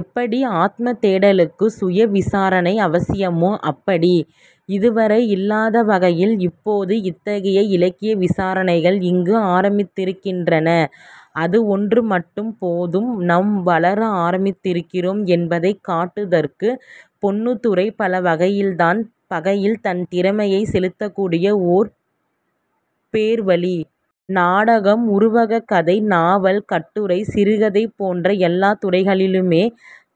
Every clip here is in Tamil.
எப்படி ஆத்மத் தேடலுக்கு சுய விசாரணை அவசியமோ அப்படி. இதுவரை இல்லாத வகையில் இப்போது இத்தகைய இலக்கிய விசாரணைகள் இங்கு ஆரம்பித்திருக்கின்றன. அது ஒன்று மட்டும் போதும் நம் வளர ஆரம்பித்திருக்கிறோம் என்பதை காட்டுதற்கு. பொன்னுத்துரை பல வகையில் தன் திறமையைச் செலுத்தக்கூடிய ஓர் பேர்வழி. நாடகம், உருவகக் கதை, நாவல், கட்டுரை, சிறுகதை போன்ற எல்லாத் துறைகளிலுமே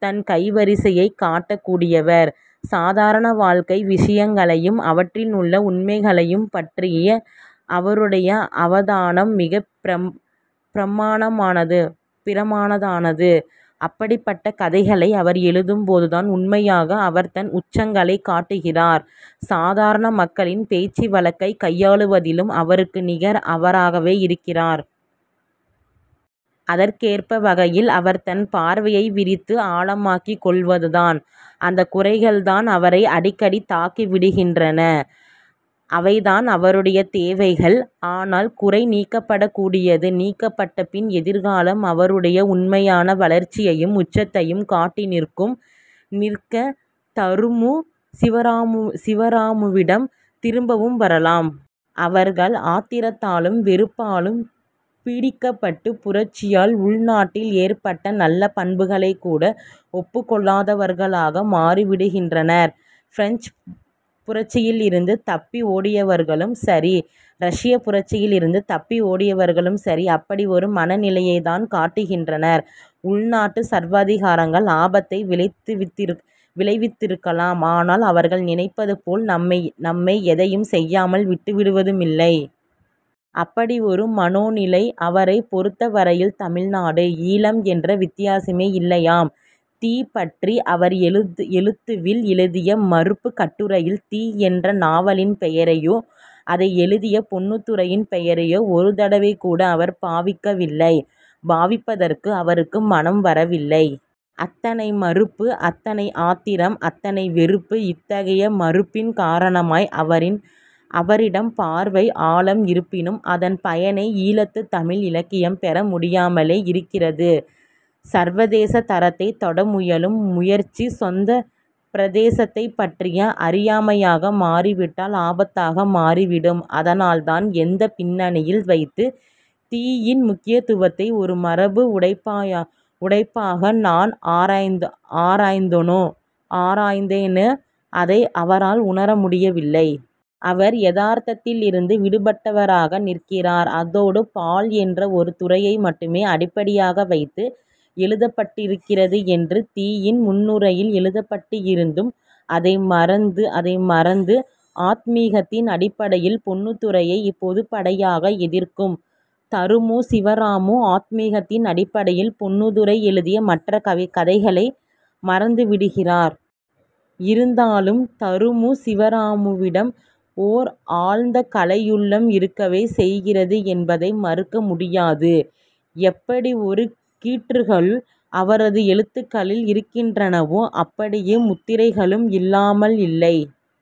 தன் கைவரிசையைக் காட்டக் கூடியவர். சாதாரண வாழ்க்கை விசயங்களையும் அவற்றினுள்ள உண்மைகளையும் பற்றிய அவருடைய அவதானம் மிகப் பிரமாதமானது. அப்படிப்பட்ட கதைகளை அவர் எழுதும்போதுதான் உண்மையாக அவர் தன் உச்சங்களைக் காட்டுகிறார். சாதாரண மக்களின் பேச்சு வழக்கைக் கையாள்வதிலும் அவருக்கு நிகர் அவராகவே இருக்கிறார். அதற்கேற்ப வகையில் அவர் தன் பார்வையை விரித்து ஆழமாக்கிக் கொள்வதுதான். அந்தக் குறைகள்தான் அவரை அடிக்கடி தாக்கிவிடுகின்றன. அவைதான் அவருடைய தேவைகள். ஆனால் குறை நீக்கப்படக்கூடியது. நீக்கப்பட்ட பின் எதிர்காலம் அவருடைய உண்மையான வளர்ச்சியையும் உச்சத்தையும் காட்டி நிற்கும். நிற்க, தருமு சிவராமுவிடம் திரும்பவும் வரலாம். அவர்கள் ஆத்திரத்தாலும் வெறுப்பாலும் பீடிக்கப்பட்டு, புரட்சியால் உள்நாட்டில் ஏற்பட்ட நல்ல பண்புகளைக் கூட ஒப்புக்கொள்ளாதவர்களாக மாறிவிடுகின்றனர். பிரெஞ்சுப் புரட்சியிலிருந்து தப்பி ஓடியவர்களும் சரி, ரஷ்யப் புரட்சியிலிருந்து தப்பி ஓடியவர்களும் சரி, அப்படி ஒரு மனநிலையைத்தான் காட்டுகின்றனர். உள்நாட்டுச் சர்வாதிகாரங்கள் ஆபத்தை விளைவித்திருக்கலாம். ஆனால் அவர்கள் நினைப்பதுபோல் நம்மை எதையும் செய்யாமல் விட்டுவிடுவதுமில்லை. அப்படி ஒரு மனோநிலை! அவரைப் பொருத்தவரையில் தமிழ்நாடு, ஈழம் என்ற வித்தியாசமே இல்லையாம்! 'தீ' பற்றி அவர் 'எழுத்து'வில் எழுதிய மறுப்புக் கட்டுரையில் 'தீ' என்ற நாவலின் பெயரையோ அதை எழுதிய பொன்னுத்துரையின் பெயரையோ ஒரு தடவைகூட அவர் பாவிக்கவில்லை. பாவிப்பதற்கு அவருக்கு மனம் வரவில்லை. அத்தனை மறுப்பு, அத்தனை ஆத்திரம், அத்தனை வெறுப்பு. இத்தகைய மறுப்பின் காரணமாய் அவரிடம் பார்வை ஆழம் இருப்பினும் அதன் பயனை ஈழத்துத் தமிழ் இலக்கியம் பெற முடியாமலே இருக்கிறது. சர்வதேசத் தரத்தைத் தொட முயலும் முயற்சி சொந்தப் பிரதேசத்தைப்பற்றிய அறியாமையாக மாறிவிட்டால் ஆபத்தாக மாறிவிடும். அதனால்தான் எந்தப் பின்னணியில் வைத்து 'தீ'யின் முக்கியத்துவத்தை ஒரு மரபு உடைப்பாக நான் ஆராய்ந்தேனோ ஆராய்தேனு அதை அவரால் உணர முடியவில்லை. அவர் யதார்த்தத்திலிருந்து விடுபட்டவராக நிற்கிறார். அதோடு பால் என்ற ஒரு துறையை மட்டுமே அடிப்படையாக வைத்து எழுதப்பட்டிருக்கிறது என்று 'தீ'யின் முன்னுரையில் எழுதப்பட்டிருந்தும் அதை மறந்து அதை மறந்து, ஆத்மீகத்தின் அடிப்படையில் பொன்னுத்துரையைப் பொதுப்படையாக எதிர்க்கும் தருமு சிவராமு ஆத்மீகத்தின் அடிப்படையில் பொன்னுத்துரை எழுதிய மற்ற கதைகளை மறந்துவிடுகிறார். இருந்தாலும் தருமு சிவராமுவிடம் ஓர் ஆழ்ந்த கலையுள்ளம் இருக்கவே செய்கிறது என்பதை மறுக்க முடியாது. எப்படி ஒரு கீற்றுகள் அவரது எழுத்துகளில் இருக்கின்றனவோ அப்படியே முத்திரைகளும் இல்லாமல்லில்லை.